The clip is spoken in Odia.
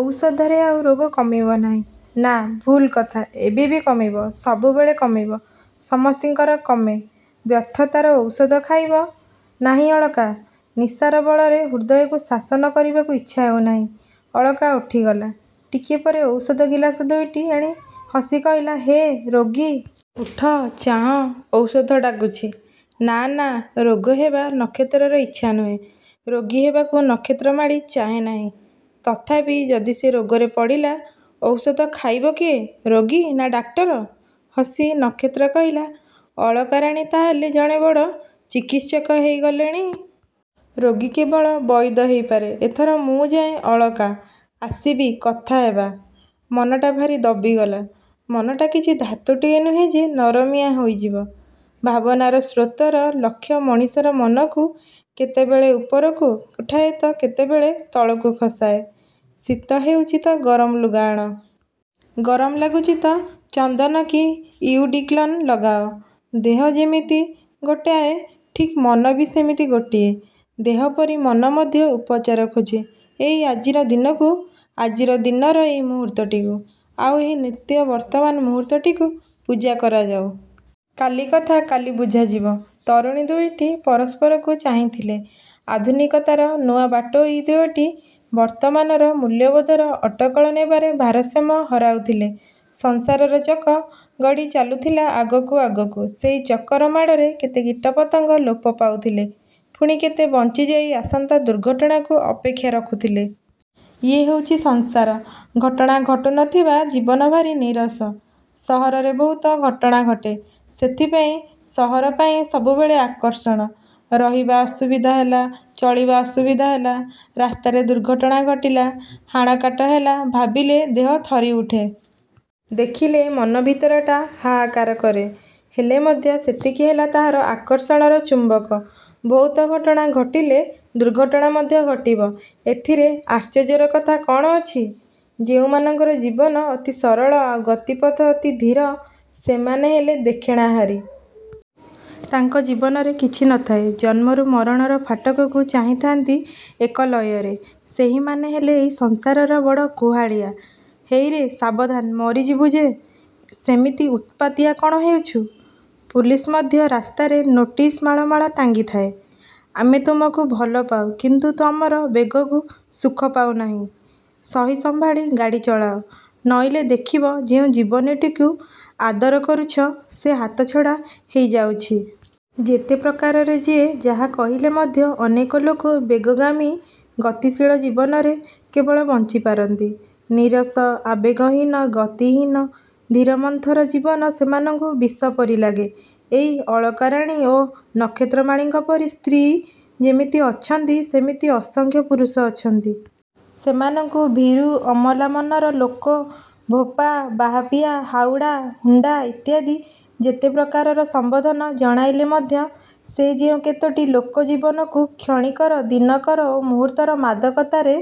-ଔଷଧରେ ଆଉ ରୋଗ କମିବ ନାହିଁ। -ନା। ଭୁଲ କଥା। ଏବେ ବି କମିବ-ସବୁବେଳେ କମିବ। ସମସ୍ତଙ୍କର କମେ। ବ୍ୟର୍ଥତାର ଔଷଧ ଖାଇବ? -ନାହିଁ, ଅଳକା। ନିଶାର ବଳରେ ହୃଦୟକୁ ଶାସନ କରିବାକୁ ଇଛା ହେଉ ନାହିଁ। ଅଳକା ଉଠିଗଲା। ଟିକକ ପରେ ଔଷଧ ଗିଲାସ ଦୁଇଟି ଆଣି ହସି କହିଲା-ହେ, ରୋଗୀ। ଉଠ-ଚାହଁ-ଔଷଧ ଡାକୁଛି। -ନା-ନା। -ରୋଗ ହେବା ନକ୍ଷତ୍ରର ଇଛା ନୁହେଁ। ରୋଗୀ ହେବାକୁ ନକ୍ଷତ୍ରମାଳୀ ଚାହେଁ ନାହିଁ। ତଥାପି ଯଦି ସେ ରୋଗରେ ପଡ଼ିଲା ଔଷଧ ଖାଇବ କିଏ? ରୋଗୀ ନା ଡାକ୍ତର? ହସି ନକ୍ଷତ୍ର କହିଲା-ଅଳକା ରାଣୀ ତାହାହେଲେ ଜଣେ ବଡ଼ ଚିକିତ୍ସକ ହେଇଗଲେଣି। ରୋଗୀ କେବଳ ବଇଦ ହେଇପାରେ ଏଥର ମୁଁ ଯାଏଁ ଅଳକା, ଆସିବି-କଥା ହେବା। ମନଟା ଭାରି ଦବିଗଲା। -ମନଟା କିଛି ଧାତୁଟିଏ ନୁହେଁ ଯେ ନରମିଆ ହୋଇଯିବ। ଭାବନାର ସ୍ରୋତର ଲକ୍ଷ୍ୟ ମଣିଷର ମନକୁ କେତେବେଳେ ଉପରକୁ ଉଠାଏ ତ କେତେବେଳେ ତଳକୁ ଖସାଏ। ଶୀତ ହେଉଛି ତ ଗରମ ଲୁଗା ଆଣ। ଗରମ ଲାଗୁଛି ତ ଚନ୍ଦନ କି ଇଉଡିକଲନ୍ ଲଗାଅ। ଦେହ ସେମିତି ଗୋଟାଏ। -ଠିକ୍। ମନଟି ବି ସେମିତି ଗୋଟିଏ। ଦେହ ପରି ମନ ମଧ୍ୟ ଉପଚାର ଖୋଜେ। -ଏଇ ଆଜିର ଦିନକୁ-ଆଜିର ଦିନର ଏଇ ମୁହୂର୍ତ୍ତଟିକୁ-ଆଉ ଏହି ନିତ୍ୟ ବର୍ତ୍ତମାନ ମୁହୂର୍ତ୍ତଟିକୁ ପୂଜା କରାଯାଉ। କାଲି କଥା କାଲି ବୁଝାଯିବ। ତରୁଣୀ ଦୁଇଟି ପରସ୍ପରକୁ ଚାହିଁଥିଲେ। ଆଧୁନିକତାର ନୂଆ ବାଟୋଇ ଦିଓଟି ବର୍ତ୍ତମାନର ମୂଲ୍ୟବୋଧର ଅଟକଳ ନେବାରେ ଭାରସାମ୍ୟ ହରାଉଥିଲେ। ସଂସାରର ଚକ ଗଡ଼ି ଚାଲୁଥିଲା-ଆଗକୁ-ଆଗକୁ। ସେଇ ଚକର ମାଡ଼ରେ କେତେ କୀଟପତଙ୍ଗ ଲୋପ ପାଉଥିଲେ। ପୁଣି କେତେ ବଞ୍ଚିଯାଇ ଆସନ୍ତା ଦୁର୍ଘଟଣାକୁ ଅପେକ୍ଷା ରଖୁଥିଲେ। ଇଏ ହେଉଛି ସଂସାର। ଘଟଣା ଘଟୁ ନ ଥିବା ଜୀବନ ଭାରି ନୀରସ। ସହରରେ ବହୁତ ଘଟଣା ଘଟେ-ସେଥିପାଇଁ ସହର ପାଇଁ ସବୁବେଳେ ଆକର୍ଷଣ। ରହିବା ଅସୁବିଧା ହେଲା। ଚଳିବା ଅସୁବିଧା ହେଲା। ରାସ୍ତାରେ ଦୁର୍ଘଟଣା ଘଟିଲା। ହାଣ କାଟ ହେଲା-ଭାବିଲେ ଦେହ ଥରି ଉଠେ। ଦେଖିଲେ ମନ ଭିତରଟା ହାହାକାର କରେ। ହେଲେ ମଧ୍ୟ ସେତିକି ହେଲା ତାହାର ଆକର୍ଷଣର ଚୁମ୍ବକ। ବହୁତ ଘଟଣା ଘଟିଲେ ଦୁର୍ଘଟଣା ମଧ୍ୟ ଘଟିବ। ଏଥିରେ ଆଶ୍ଚର୍ଯ୍ୟର କଥା କ'ଣ ଅଛି-? ଯେଉଁମାନଙ୍କର ଜୀବନ ଅତି ସରଳ ଆଉ ଗତିପଥ ଅତି ଧୀର-ସେମାନେ ହେଲେ ଦେଖଣାହାରୀ। ତାଙ୍କ ଜୀବନରେ କିଛି ନ ଥାଏ ଜନ୍ମରୁ ମରଣର ଫାଟକକୁ ଚାହିଁଥାନ୍ତି-ଏକ ଲୟରେ। ସେହିମାନେ ହେଲେ ଏହି ସଂସାରର ବଡ଼ କୁହାଳିଆ। -ହେଇରେ। ସାବଧାନ ମରିଯିବୁ ଯେ। ସେମିତି ଉତ୍ପାତିଆ କ'ଣ ହେଉଛୁ? ପୁଲିସ୍ ମଧ୍ୟ ରାସ୍ତାରେ ନୋଟିସ ମାଳ ମାଳ ଟାଙ୍ଗିଥାଏ-ଆମେ ତୁମକୁ ଭଲପାଉ; କିନ୍ତୁ ତମର ବେଗକୁ ସୁଖ ପାଉନାହିଁ-ସହି ସମ୍ଭାଳି ଗାଡ଼ି ଚଳାଅ-ନଇଲେ ଦେଖିବ ଯେଉଁ ଜୀବନଟିକୁ ଆଦର କରୁଛ ସେ ହାତଛଡ଼ା ହେଇ ଯାଉଛି। ଯେତେ ପ୍ରକାରରେ ଯିଏ ଯାହା କହିଲେ ମଧ୍ୟ ଅନେକ ଲୋକ ବେଗଗାମୀ ଗତିଶୀଳ ଜୀବନରେ କେବଳ ବଞ୍ଚି ପାରନ୍ତି। ନିରସ, ଆବେଗହୀନ, ଗତିହୀନ, ଧୀରମନ୍ଥର ଜୀବନ ସେମାନଙ୍କୁ ବିଷପରି ଲାଗେ। ଏଇ ଅଳକାରାଣୀ ଓ ନକ୍ଷତ୍ରମାଳୀଙ୍କପରି ସ୍ତ୍ରୀ ଯେମିତି ଅଛନ୍ତି ସେମିତି ଅସଂଖ୍ୟ ପୁରୁଷ ଅଛନ୍ତି। ସେମାନଙ୍କୁ ଭୀରୁ ଅମଲା ମନର ଲୋକ ଭୋପା, ବାହାପିଆ, ହାଉଡ଼ା, ହୁଣ୍ଡା ଇତ୍ୟାଦି ଯେତେ ପ୍ରକାରର ସମ୍ବୋଧନ ଜଣାଇଲେ ମଧ୍ୟ ସେଇ ଯେଉଁ କେତୋଟି ଲୋକ ଜୀବନକୁ କ୍ଷଣିକର-ଦିନକର-ଓ ମୁହୂର୍ତ୍ତର ମାଦକତାରେ